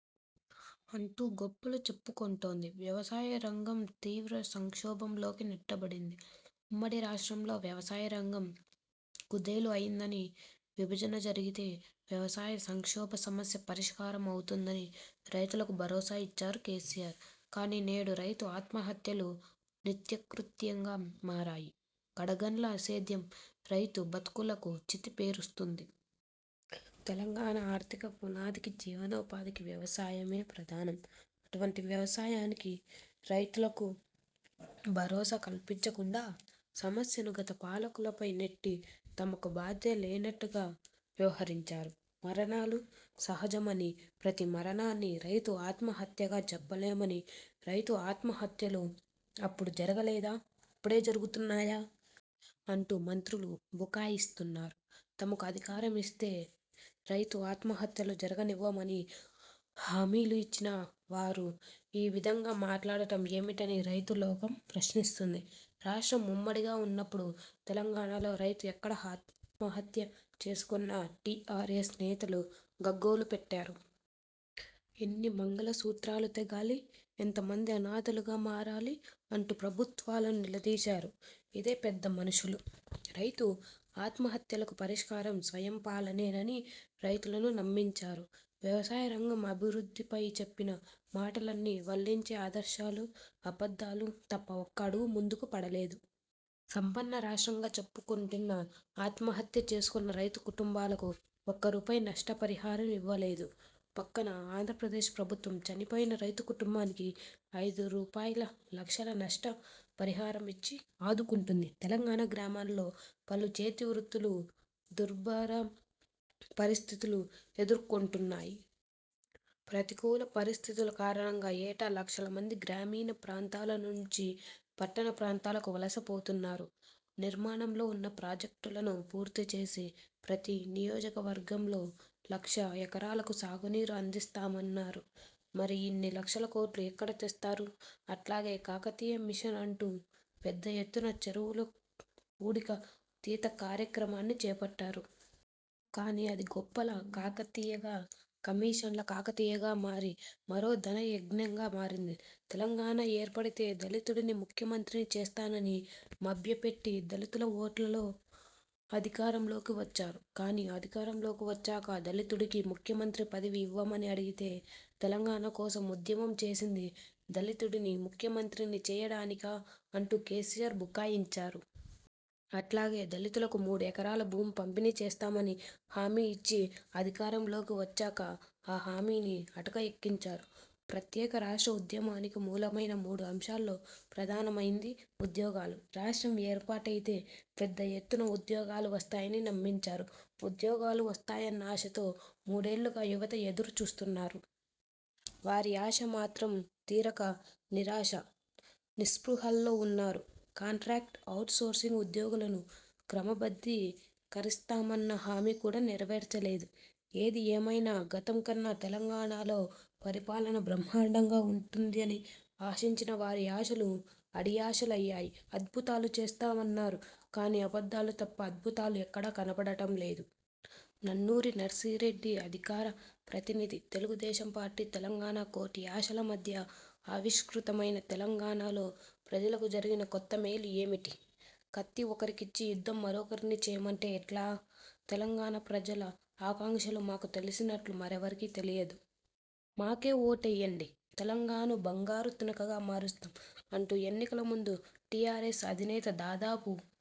అంటూ గొప్పలు చెప్పుకుంటోంది. వ్యవసాయ రంగం తీవ్ర సంక్షోభంలోకి నెట్టబడింది. ఉమ్మడి రాష్ట్రంలో వ్యవసాయ రంగం కుదేలు అయిందని, విభజన జరిగితే వ్యవసాయ సంక్షోభ సమస్య పరిష్కారం అవుతుందని రైతులకు భరోసా ఇచ్చారు కేసీఆర్. కానీ నేడు రైతు ఆత్మహత్యలు నిత్యకృత్యంగా మారాయి. కడగండ్ల సేద్యం రైతు బతుకులకు చితి పేరుస్తుంది. తెలంగాణ ఆర్థిక పునాదికి, జీవనో పాధికి వ్యవసాయమే ప్రధానం. అటువంటి వ్యవసాయానికీ రైతులకూ భరోసా కల్పించకుండా సమస్యను గత పాలకులపై నెట్టి తమకు బాధ్యత లేనట్టుగా వ్యవహరించారు. మరణాలు సహజం అని, ప్రతి మరణాన్ని రైతు ఆత్మహత్యగా చెప్పలేమని, రైతు ఆత్మహత్యలు అప్పుడు జరగలేదా? ఇప్పుడే జరుగుతున్నాయా? అంటూ మంత్రులు బుకా యిస్తున్నారు. తమకు అధికారం ఇస్తే రైతు ఆత్మహత్యలు జరగనివ్వమని హామీలు ఇచ్చిన వారు ఈ విధంగా మాట్లాడటం ఏమిటని రైతు లోకం ప్రశ్నిస్తుంది. రాష్ట్రం ఉమ్మడిగా ఉన్నప్పుడు తెలంగాణ లో రైతు ఎక్కడ ఆత్మహత్య చేసుకున్నా టీఆర్ఎస్ నేతలు గగ్గోలు పెట్టారు. ఎన్ని మంగళ సూత్రాలు తెగాలి? ఎంత మంది అనాథలుగా మారాలి? అంటూ ప్రభుత్వాలను నిలదీశారు ఇదే పెద్ద మనుషులు. రైతు ఆత్మహత్యలకు పరిష్కారం స్వయం పాలనేనని రైతులను నమ్మించారు. వ్యవసాయ రంగం అభివృద్ధి పై చెప్పిన మాటలన్నీ, వల్లించే ఆదర్శాలు అబద్ధాలు తప్ప ఒక్క అడుగు ముందుకు పడలేదు. సంపన్న రాష్ట్రంగా చెప్పుకుంటున్నా ఆత్మహత్య చేసుకున్న రైతు కుంటుంబాలకు ఒక్క రూపాయి నష్ట పరిహారం ఇవ్వలేదు. పక్కన ఆంధ్రప్రదేశ్ ప్రభుత్వం చనిపోయిన రైతు కుంటుంబానికి ఐదు రూపాయల లక్షల నష్ట పరిహారం ఇచ్చి ఆదుకుంటున్నది. తెలంగాణ గ్రామాల్లో పలు చేతి వృత్తులు దుర్భర పరిస్థితులు ఎదుర్కొంటున్నాయి. ప్రతికూల పరిస్థితులు కారణంగా ఏటా లక్షల మంది గ్రామీణ ప్రాంతాల నుంచి పట్టణ ప్రాంతాలకు వలస పోతున్నారు. నిర్మాణంలో ఉన్న ప్రాజెక్టులను పూర్తి చేసి ప్రతి నియోజక వర్గంలో లక్ష ఎకరాలకు సాగు నీరు అందిస్తామన్నారు. మరి ఇన్ని లక్షల కోట్లు ఎక్కడ తెస్తారు? అట్లాగే కాకతీయ మిషన్ అంటు పెద్ద ఎత్తున చెరువుల పూడిక తీత కార్యక్రమాన్ని చేపట్టారు. కానీ అది గొప్పల కాకతీయగా, కమిషన్ల కాకతీయగా మారి మరో ధన యజ్ఞంగా మారింది. తెలంగాణ ఏర్పడితే దళితుడిని ముఖ్య మంత్రిని చేస్తానని మభ్యపెట్టి దళితుల ఓట్లతో అధికారం లోకి వచ్చారు. కానీ అధికారం లోకి వచ్చాక దళితుడికి ముఖ్య మంత్రి పదవి ఇవ్వమని అడిగితే తెలంగాణ కోసం ఉద్యమం చేసింది దళితుడిని ముఖ్య మంత్రిని చెయ్యడానికా అంటూ కేసీఆర్ బుకాయించారు. అట్లాగే దళితులకు మూడు ఎకరాల భూమి పంపిణీ చేస్తామని హామీ ఇచ్చి అధికారం లోకి వచ్చాక ఆ హామీని అటక ఎక్కించారు. ప్రత్యేక రాష్ట్ర ఉద్యమానికి మూలమైన మూడు అంశాల్లో ప్రధానమైంది ఉద్యోగాలు. రాష్ట్రం ఏర్పాటయితే పెద్ద ఎత్తున ఉద్యోగాలు వస్తాయని నమ్మించారు. ఉద్యోగాలు వస్తాయన్న ఆశతో మూడేళ్లుగా యువత ఎదురు చూస్తున్నారు. వారి ఆశ మాత్రం తీరక నిరాశ, నిస్పృహల్లో ఉన్నారు. కాంట్రాక్ట్, ఔట్ సోర్సింగ్ ఉద్యోగులను క్రమబద్ధీ కరిస్తామన్న హామీ కూడా నెరవేర్చలేదు. ఏది ఏమైనా గతం కన్నా తెలంగాణలో పరిపాలన బ్రహ్మాండంగా ఉంటుంది అని ఆశించిన వారి ఆశలు అడియాశలు అయ్యాయి. అద్భుతాలు చేస్తా మన్నారు కానీ అబద్ధాలు తప్ప అద్భుతాలు ఎక్కడా కనపడటం లేదు. నన్నూరి నర్సిరెడ్డి అధికార ప్రతినిధి, తెలుగు దేశం పార్టీ, తెలంగాణ కోటి ఆశల మధ్య ఆవిష్కృతమైన తెలంగాణ లో ప్రజలకు జరిగిన కొత్త మేలు ఏమిటి? కత్తి ఒకరికి ఇచ్చి యుద్ధం మరొకరిని చేయమంటే ఎట్లా? 'తెలంగాణ ప్రజల ఆకాంక్షలు మాకు తెలిసినట్లు మరెవరికీ తెలియదు. మాకే ఓటెయ్యండి. తెలంగాణ ను బంగారు తునకగా మారుస్తు' అంటూ ఎన్నికల ముందు టీఆర్ఎస్ అధినేత దాదాపు